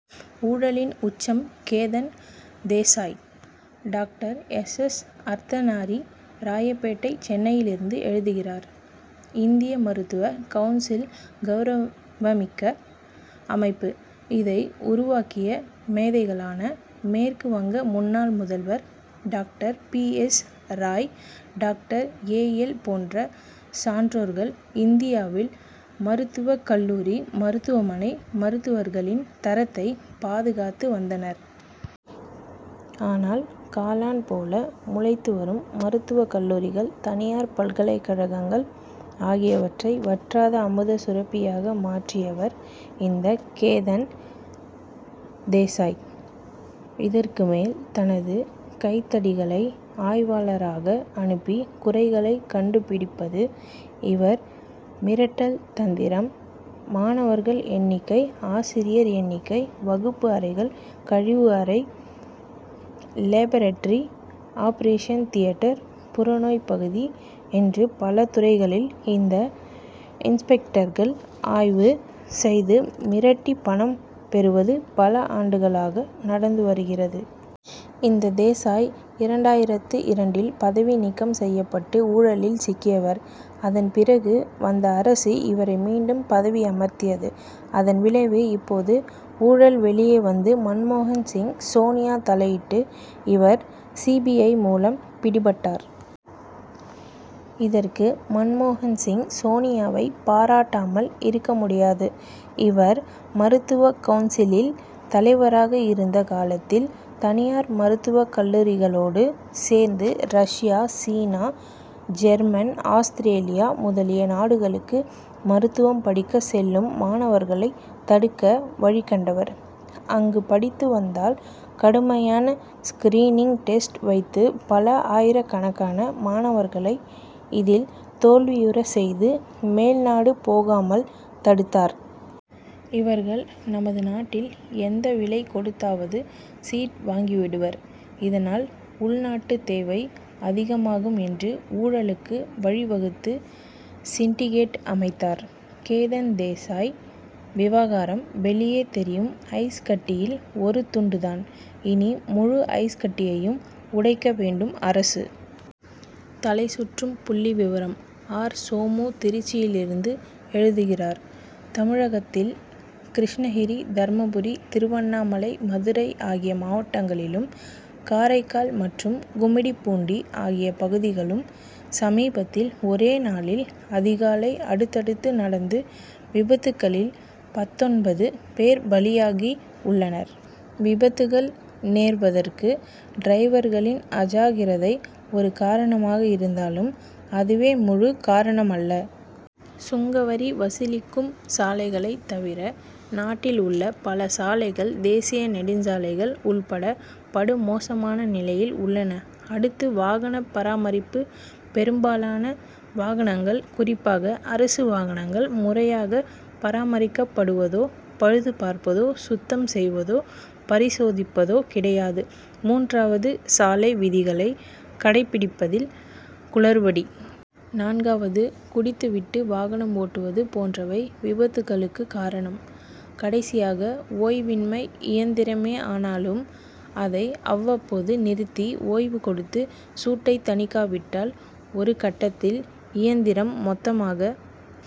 ஊழலின் உச்சம் Ketan Desai! Doctor S. S. Arthanari Royapettah சென்னையிலிருந்து எழுதுகிறார் இந்திய மருத்துவ கவுன்சில் கவுரவமிக்க அமைப்பு. இதை உருவாக்கிய மேதைகளான மேற்கு வங்க முன்னாள் முதல்வர் doctor B. C. Roy doctor A. L. போன்ற சான்றோர்கள் இந்தியாவில் மருத்துவக் கல்லூரி மருத்துவமனை மருத்துவர்களின் தரத்தைப் பாதுகாத்து வந்தனர். ஆனால் காளான் போல முளைத்து வரும் மருத்துவக் கல்லூரிகள் தனியார் பல்கலைக்கழகங்கள் ஆகியவற்றை வற்றாத அமுத சுரபியாக மாற்றியவர் இந்த கேதன் தேசாய். இதற்கு மேல் தனது கைத்தடிகளை ஆய்வாளராக அனுப்பி குறைகளை கண்டுபிடிப்பது இவர் மிரட்டல் தந்திரம். மாணவர்கள் எண்ணிக்கை ஆசிரியர் எண்ணிக்கை வகுப்பு அறைகள் கழிவு அறை லேபரட்டரி ஆபரேஷன் தியேட்டர் புறநோய்ப்பகுதி என்று பல துறைகளில் இந்த இன்ஸ்பெக்டர்கள் ஆய்வு செய்து மிரட்டி பணம் பெறுவது பல ஆண்டுகளாக நடந்து வருகிறது. இந்த தேசாய் இரண்டாயிரத்து இரண்டில் பதவி நீக்கம் செய்யப்பட்டு ஊழலில் சிக்கியவர். அதன் பிறகு வந்த அரசு இவரை மீண்டும் பதவி அமர்த்தியது. அதன் விளைவு இப்போது ஊழல் வெளியே வந்து மன்மோகன் சிங் சோனியா தலையிட்டு இவர் சி. பி. ஐ. மூலம் பிடிபட்டார். இதற்கு மன்மோகன் சிங் சோனியாவைப் பாராட்டாமல் இருக்க முடியாது. இவர் மருத்துவ கவுன்சிலில் தலைவராக இருந்த காலத்தில் தனியார் மருத்துவக் கல்லூரிகளோடு சேர்ந்து ரஷ்யா சீனா ஜெர்மன் ஆஸ்திரேலியா முதலிய நாடுகளுக்கு மருத்துவம் படிக்க செல்லும் மாணவர்களை தடுக்க வழிகண்டவர். அங்கு படித்து வந்தால் கடுமையான ஸ்கிரீனிங் டெஸ்ட் வைத்து பல ஆயிரக்கணக்கான மாணவர்களை இதில் தோல்வியுறச் செய்து மேல் நாடு போகாமல் தடுத்தார். இவர்கள் நமது நாட்டில் எந்த விலை கொடுத்தாவது சீட் வாங்கிடுவர். இதனால் உள்நாட்டு தேவை அதிகமாகும் என்று ஊழலுக்கு வழிவகுத்து சிண்டிகேட் அமைத்தார். கேதன் தேசாய் விவகாரம் வெளியே தெரியும் ஐஸ் கட்டியில் ஒரு துண்டு தான். இனி முழு ஐஸ்கட்டியையும் உடைக்க வேண்டும் அரசு. தலைசுற்றும் புள்ளிவிவரம்! ஆர். சோமு திருச்சியிலிருந்து எழுதுகிறார் தமிழகத்தில் கிருஷ்ணகிரி தர்மபுரி திருவண்ணாமலை மதுரை ஆகிய மாவட்டங்களிலும் காரைக்கால் மற்றும் கும்மிடிபூண்டி ஆகிய பகுதிகளிலும் சமீபத்தில் ஒரே நாளில் அதிகாலை அடுத்தடுத்து நடந்த விபத்துகளில் பத்தொன்பது பேர் பலியாகி உள்ளனர். விபத்துகள் நேர்வதற்கு டிரைவர்களின் அஜாக்கிரதை ஒரு காரணமாக இருந்தாலும் அதுவே முழு காரணமல்ல. சுங்கவரி வசூலிக்கும் சாலைகளைத் தவிர நாட்டில் உள்ள பல சாலைகள் தேசிய நெடுஞ்சாலைகள் உட்பட படு மோசமான நிலையில் உள்ளன. அடுத்து வாகன பராமரிப்பு பெரும்பாலான வாகனங்கள் குறிப்பாக அரசு வாகனங்கள் முறையாக பராமரிக்கப்படுவதோ பழுதுபார்ப்பதோ சுத்தம் செய்வதோ பரிசோதிப்பதோ கிடையாது. மூன்றாவது சாலை விதிகளை கடைப்பிடிப்பதில் குளறுபடி. நான்காவது குடித்து விட்டு வாகனம் ஓட்டுவது போன்றவை விபத்துகளுக்கு காரணம். கடைசியாக ஓய்வின்மை இயந்திரமே ஆனாலும் அதை அவ்வப்போது நிறுத்தி ஓய்வு கொடுத்து சூட்டைத் தணிக்காவிட்டால் ஒரு கட்டத்தில் இயந்திரம் மொத்தமாக